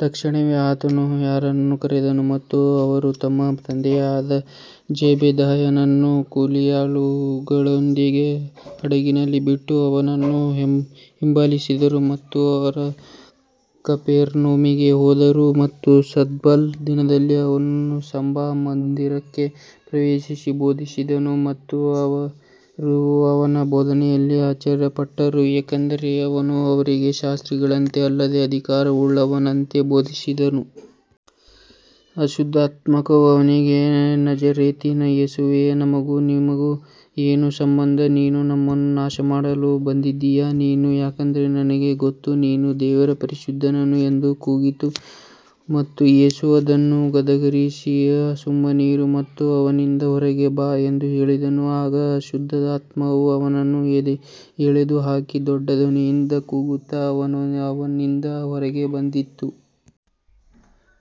ತಕ್ಷಣವೇ ಆತನು ಅವರನ್ನು ಕರೆದನು ಮತ್ತು ಅವರು ತಮ್ಮ ತಂದೆಯಾದ ಜೆಬೆದಾಯನನ್ನು ಕೂಲಿಯಾಳುಗಳೊಂದಿಗೆ ಹಡಗಿನಲ್ಲಿ ಬಿಟ್ಟು ಅವನನ್ನು ಹಿಂಬಾಲಿಸಿದರು. ಮತ್ತು ಅವರು ಕಪೆರ್ನೌಮಿಗೆ ಹೋದರು ಮತ್ತು ಸಬ್ಬತ್ ದಿನದಲ್ಲಿ ಅವನು ಸಭಾಮಂದಿರಕ್ಕೆ ಪ್ರವೇಶಿಸಿ ಬೋಧಿಸಿದನು. ಮತ್ತು ಅವರು ಅವನ ಬೋಧನೆಯಲ್ಲಿ ಆಶ್ಚರ್ಯಪಟ್ಟರು, ಏಕೆಂದರೆ ಅವನು ಅವರಿಗೆ ಶಾಸ್ತ್ರಿಗಳಂತೆ ಅಲ್ಲದೆ ಅಧಿಕಾರವುಳ್ಳವನಂತೆ ಬೋಧಿಸಿದನು. ಅಶುದ್ಧಾತ್ಮವು ಅವನಿಗೆ, ನಜರೇತಿನ ಯೇಸುವೇ, ನಮಗೂ ನಿನಗೂ ಏನು ಸಂಬಂಧ, ನೀನು ನಮ್ಮನ್ನು ನಾಶಮಾಡಲು ಬಂದಿದ್ದೀಯಾ, ನೀನು ಯಾರೆಂದು ನನಗೆ ಗೊತ್ತು, ನೀನು ದೇವರ ಪರಿಶುದ್ಧನು ಎಂದು ಕೂಗಿತು. ಮತ್ತು ಯೇಸು ಅದನ್ನು ಗದರಿಸಿ, ಸುಮ್ಮನಿರು ಮತ್ತು ಅವನಿಂದ ಹೊರಗೆ ಬಾ ಎಂದು ಹೇಳಿದನು. ಆಗ ಅಶುದ್ಧಾತ್ಮವು ಅವನನ್ನು ಎಳೆದು ಹಾಕಿ ದೊಡ್ಡ ಧ್ವನಿಯಿಂದ ಕೂಗುತ್ತಾ ಅವನಿಂದ ಹೊರಗೆ ಬಂದಿತು.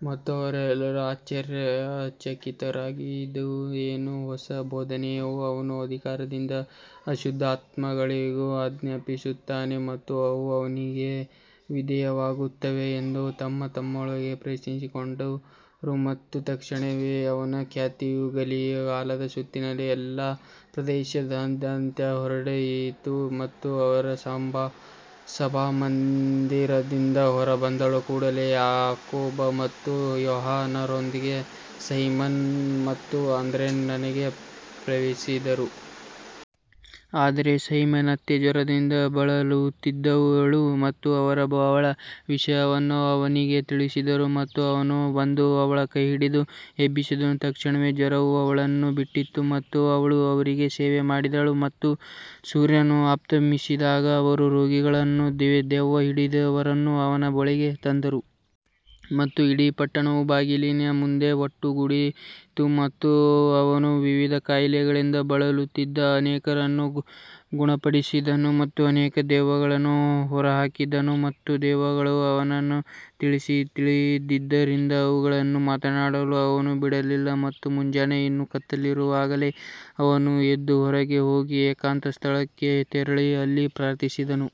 ಮತ್ತು ಅವರೆಲ್ಲರೂ ಆಶ್ಚರ್ಯಚಕಿತರಾಗಿ, ಇದು ಏನು, ಹೊಸ ಬೋಧನೆಯೇ, ಅವನು ಅಧಿಕಾರದಿಂದ ಅಶುದ್ಧಾತ್ಮಗಳಿಗೂ ಆಜ್ಞಾಪಿಸುತ್ತಾನೆ ಮತ್ತು ಅವು ಅವನಿಗೆ ವಿಧೇಯವಾಗುತ್ತವೆ ಎಂದು ತಮ್ಮತಮ್ಮೊಳಗೆ ಪ್ರಶ್ನಿಸಿಕೊಂಡರು. ಮತ್ತು ತಕ್ಷಣವೇ ಅವನ ಖ್ಯಾತಿಯು ಗಲಿಲಾಯದ ಸುತ್ತಲಿನ ಎಲ್ಲಾ ಪ್ರದೇಶದಾದ್ಯಂತ ಹರಡಿತು. ಮತ್ತು ಅವರು ಸಭಾಮಂದಿರದಿಂದ ಹೊರಬಂದ ಕೂಡಲೇ ಯಾಕೋಬ ಮತ್ತು ಯೋಹಾನರೊಂದಿಗೆ ಸೈಮೋನ ಮತ್ತು ಆಂದ್ರೆಯನ ಮನೆಗೆ ಪ್ರವೇಶಿಸಿದರು. ಆದರೆ ಸೈಮೋನನ ಅತ್ತೆ ಜ್ವರದಿಂದ ಬಳಲುತ್ತಿದ್ದಳು ಮತ್ತು ಅವರು ಅವಳ ವಿಷಯವನ್ನು ಅವನಿಗೆ ತಿಳಿಸಿದರು. ಮತ್ತು ಅವನು ಬಂದು ಅವಳ ಕೈಹಿಡಿದು ಎಬ್ಬಿಸಿದನು, ತಕ್ಷಣವೇ ಜ್ವರವು ಅವಳನ್ನು ಬಿಟ್ಟಿತು ಮತ್ತು ಅವಳು ಅವರಿಗೆ ಸೇವೆ ಮಾಡಿದಳು. ಮತ್ತು ಸೂರ್ಯನು ಅಸ್ತಮಿಸಿದಾಗ ಅವರು ರೋಗಿಗಳನ್ನೂ ದೆವ್ವ ಹಿಡಿದವರನ್ನೂ ಅವನ ಬಳಿಗೆ ತಂದರು. ಮತ್ತು ಇಡೀ ಪಟ್ಟಣವು ಬಾಗಿಲಿನ ಮುಂದೆ ಒಟ್ಟುಗೂಡಿತು. ಮತ್ತು ಅವನು ವಿವಿಧ ಕಾಯಿಲೆಗಳಿಂದ ಬಳಲುತ್ತಿದ್ದ ಅನೇಕರನ್ನು ಗುಣಪಡಿಸಿದನು ಮತ್ತು ಅನೇಕ ದೆವ್ವಗಳನ್ನು ಹೊರಹಾಕಿದನು. ಮತ್ತು ದೆವ್ವಗಳು ಅವನನ್ನು ತಿಳಿದಿದ್ದರಿಂದ ಅವುಗಳನ್ನು ಮಾತನಾಡಲು ಅವನು ಬಿಡಲಿಲ್ಲ. ಮತ್ತು ಮುಂಜಾನೆ ಇನ್ನೂ ಕತ್ತಲಿರುವಾಗಲೇ ಅವನು ಎದ್ದು ಹೊರಗೆ ಹೋಗಿ ಏಕಾಂತ ಸ್ಥಳಕ್ಕೆ ತೆರಳಿ ಅಲ್ಲಿ ಪ್ರಾರ್ಥಿಸಿದನು.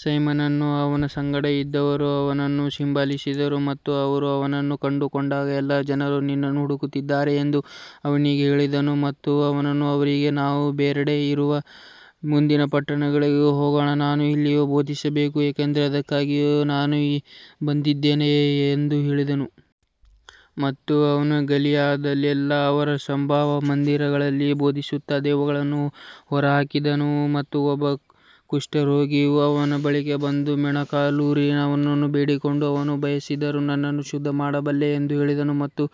ಸೈಮೋನನೂ ಅವನ ಸಂಗಡ ಇದ್ದವರೂ ಅವನನ್ನು ಹಿಂಬಾಲಿಸಿದರು. ಮತ್ತು ಅವರು ಅವನನ್ನು ಕಂಡುಕೊಂಡಾಗ, ಎಲ್ಲಾ ಜನರು ನಿನ್ನನ್ನು ಹುಡುಕುತ್ತಿದ್ದಾರೆ ಎಂದು ಅವನಿಗೆ ಹೇಳಿದರು. ಮತ್ತು ಅವನು ಅವರಿಗೆ, ನಾವು ಬೇರೆಡೆ ಇರುವ ಮುಂದಿನ ಪಟ್ಟಣಗಳಿಗೆ ಹೋಗೋಣ, ನಾನು ಅಲ್ಲಿಯೂ ಬೋಧಿಸಬೇಕು, ಏಕೆಂದರೆ ಅದಕ್ಕಾಗಿಯೇ ನಾನು ಬಂದಿದ್ದೇನೆ ಎಂದು ಹೇಳಿದನು. ಮತ್ತು ಅವನು ಗಲಿಲಾಯದಲ್ಲೆಲ್ಲಾ ಅವರ ಸಭಾಮಂದಿರಗಳಲ್ಲಿ ಬೋಧಿಸುತ್ತಾ ದೆವ್ವಗಳನ್ನು ಹೊರಹಾಕಿದನು. ಮತ್ತು ಒಬ್ಬ ಕುಷ್ಠರೋಗಿಯು ಅವನ ಬಳಿಗೆ ಬಂದು, ಮೊಣಕಾಲೂರಿ ಅವನನ್ನು ಬೇಡಿಕೊಂಡು, ನೀನು ಬಯಸಿದರೆ ನನ್ನನ್ನು ಶುದ್ಧಮಾಡಬಲ್ಲೆ ಎಂದು ಹೇಳಿದನು. ಮತ್ತು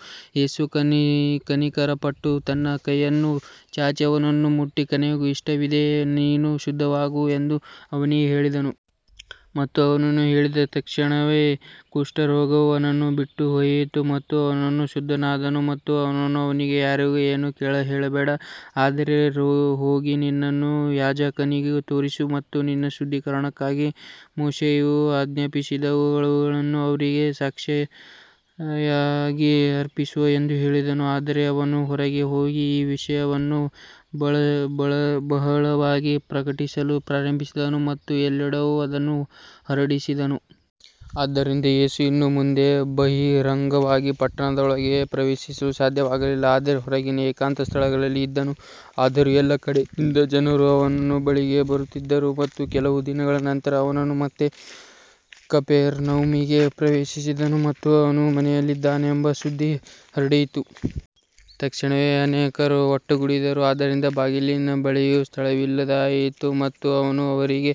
ಯೇಸು ಕನಿಕರಪಟ್ಟು ತನ್ನ ಕೈಯನ್ನು ಚಾಚಿ ಅವನನ್ನು ಮುಟ್ಟಿ, ನನಗೆ ಇಷ್ಟವಿದೆ, ನೀನು ಶುದ್ಧನಾಗು ಎಂದು ಅವನಿಗೆ ಹೇಳಿದನು. ಮತ್ತು ಅವನು ಹೇಳಿದ ತಕ್ಷಣವೇ ಕುಷ್ಠರೋಗವು ಅವನನ್ನು ಬಿಟ್ಟುಹೋಯಿತು ಮತ್ತು ಅವನು ಶುದ್ಧನಾದನು. ಮತ್ತು ಅವನು ಅವನಿಗೆ, ಯಾರಿಗೂ ಏನೂ ಹೇಳಬೇಡ, ಆದರೆ ಹೋಗಿ ನಿನ್ನನ್ನು ಯಾಜಕನಿಗೆ ತೋರಿಸು ಮತ್ತು ನಿನ್ನ ಶುದ್ಧೀಕರಣಕ್ಕಾಗಿ ಮೋಶೆಯು ಆಜ್ಞಾಪಿಸಿದವುಗಳನ್ನು ಅವರಿಗೆ ಸಾಕ್ಷಿಯಾಗಿ ಅರ್ಪಿಸು ಎಂದು ಹೇಳಿದನು. ಆದರೆ ಅವನು ಹೊರಗೆ ಹೋಗಿ ಈ ವಿಷಯವನ್ನು ಬಹಳವಾಗಿ ಪ್ರಕಟಿಸಲು ಪ್ರಾರಂಭಿಸಿದನು ಮತ್ತು ಎಲ್ಲೆಡೆಯೂ ಅದನ್ನು ಹರಡಿಸಿದನು. ಆದ್ದರಿಂದ ಯೇಸು ಇನ್ನು ಮುಂದೆ ಬಹಿರಂಗವಾಗಿ ಪಟ್ಟಣದೊಳಗೆ ಪ್ರವೇಶಿಸಲು ಸಾಧ್ಯವಾಗಲಿಲ್ಲ, ಆದರೆ ಹೊರಗಿನ ಏಕಾಂತ ಸ್ಥಳಗಳಲ್ಲಿ ಇದ್ದನು. ಆದರೂ ಎಲ್ಲಾ ಕಡೆಯಿಂದ ಜನರು ಅವನ ಬಳಿಗೆ ಬರುತ್ತಿದ್ದರು. ಮತ್ತು ಕೆಲವು ದಿನಗಳ ನಂತರ ಅವನು ಮತ್ತೆ ಕಪೆರ್ನೌಮಿಗೆ ಪ್ರವೇಶಿಸಿದನು ಮತ್ತು ಅವನು ಮನೆಯಲ್ಲಿದ್ದಾನೆಂಬ ಸುದ್ದಿ ಹರಡಿತು. ತಕ್ಷಣವೇ ಅನೇಕರು ಒಟ್ಟುಗೂಡಿದರು, ಆದ್ದರಿಂದ ಬಾಗಿಲಿನ ಬಳಿಯೂ ಸ್ಥಳವಿಲ್ಲದಾಯಿತು, ಮತ್ತು ಅವನು ಅವರಿಗೆ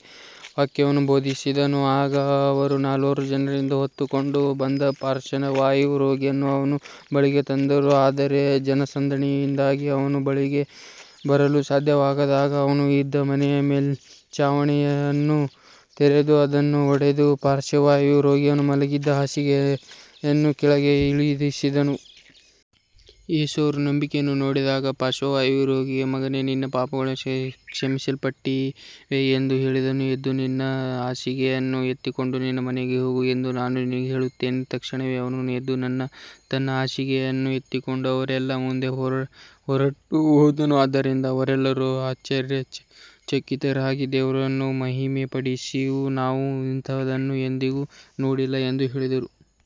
ವಾಕ್ಯವನ್ನು ಬೋಧಿಸಿದನು. ಆಗ ಅವರು ನಾಲ್ವರು ಜನರಿಂದ ಹೊತ್ತುಕೊಂಡು ಬಂದ ಪಾರ್ಶ್ವವಾಯು ರೋಗಿಯನ್ನು ಅವನ ಬಳಿಗೆ ತಂದರು. ಆದರೆ ಜನಸಂದಣಿಯಿಂದಾಗಿ ಅವನ ಬಳಿಗೆ ಬರಲು ಸಾಧ್ಯವಾಗದಾಗ, ಅವನು ಇದ್ದ ಮನೆಯ ಮೇಲ್ಛಾವಣಿಯನ್ನು ತೆರೆದು, ಅದನ್ನು ಒಡೆದು, ಪಾರ್ಶ್ವವಾಯು ರೋಗಿಯು ಮಲಗಿದ್ದ ಹಾಸಿಗೆಯನ್ನು ಕೆಳಗೆ ಇಳಿಸಿದರು. ಯೇಸು ಅವರ ನಂಬಿಕೆಯನ್ನು ನೋಡಿದಾಗ ಪಾರ್ಶ್ವವಾಯು ರೋಗಿಗೆ, ಮಗನೇ, ನಿನ್ನ ಪಾಪಗಳು ಕ್ಷಮಿಸಲ್ಪಟ್ಟಿವೆ ಎಂದು ಹೇಳಿದನು. ಎದ್ದು ನಿನ್ನ ಹಾಸಿಗೆಯನ್ನು ಎತ್ತಿಕೊಂಡು ನಿನ್ನ ಮನೆಗೆ ಹೋಗು ಎಂದು ನಾನು ನಿನಗೆ ಹೇಳುತ್ತೇನೆ. ತಕ್ಷಣವೇ ಅವನು ಎದ್ದು ತನ್ನ ಹಾಸಿಗೆಯನ್ನು ಎತ್ತಿಕೊಂಡು ಅವರೆಲ್ಲರ ಮುಂದೆ ಹೊರಟುಹೋದನು. ಆದ್ದರಿಂದ ಅವರೆಲ್ಲರೂ ಆಶ್ಚರ್ಯಚಕಿತರಾಗಿ ದೇವರನ್ನು ಮಹಿಮೆಪಡಿಸಿ, ನಾವು ಇಂತಹದನ್ನು ಎಂದಿಗೂ ನೋಡಿಲ್ಲ ಎಂದು ಹೇಳಿದರು.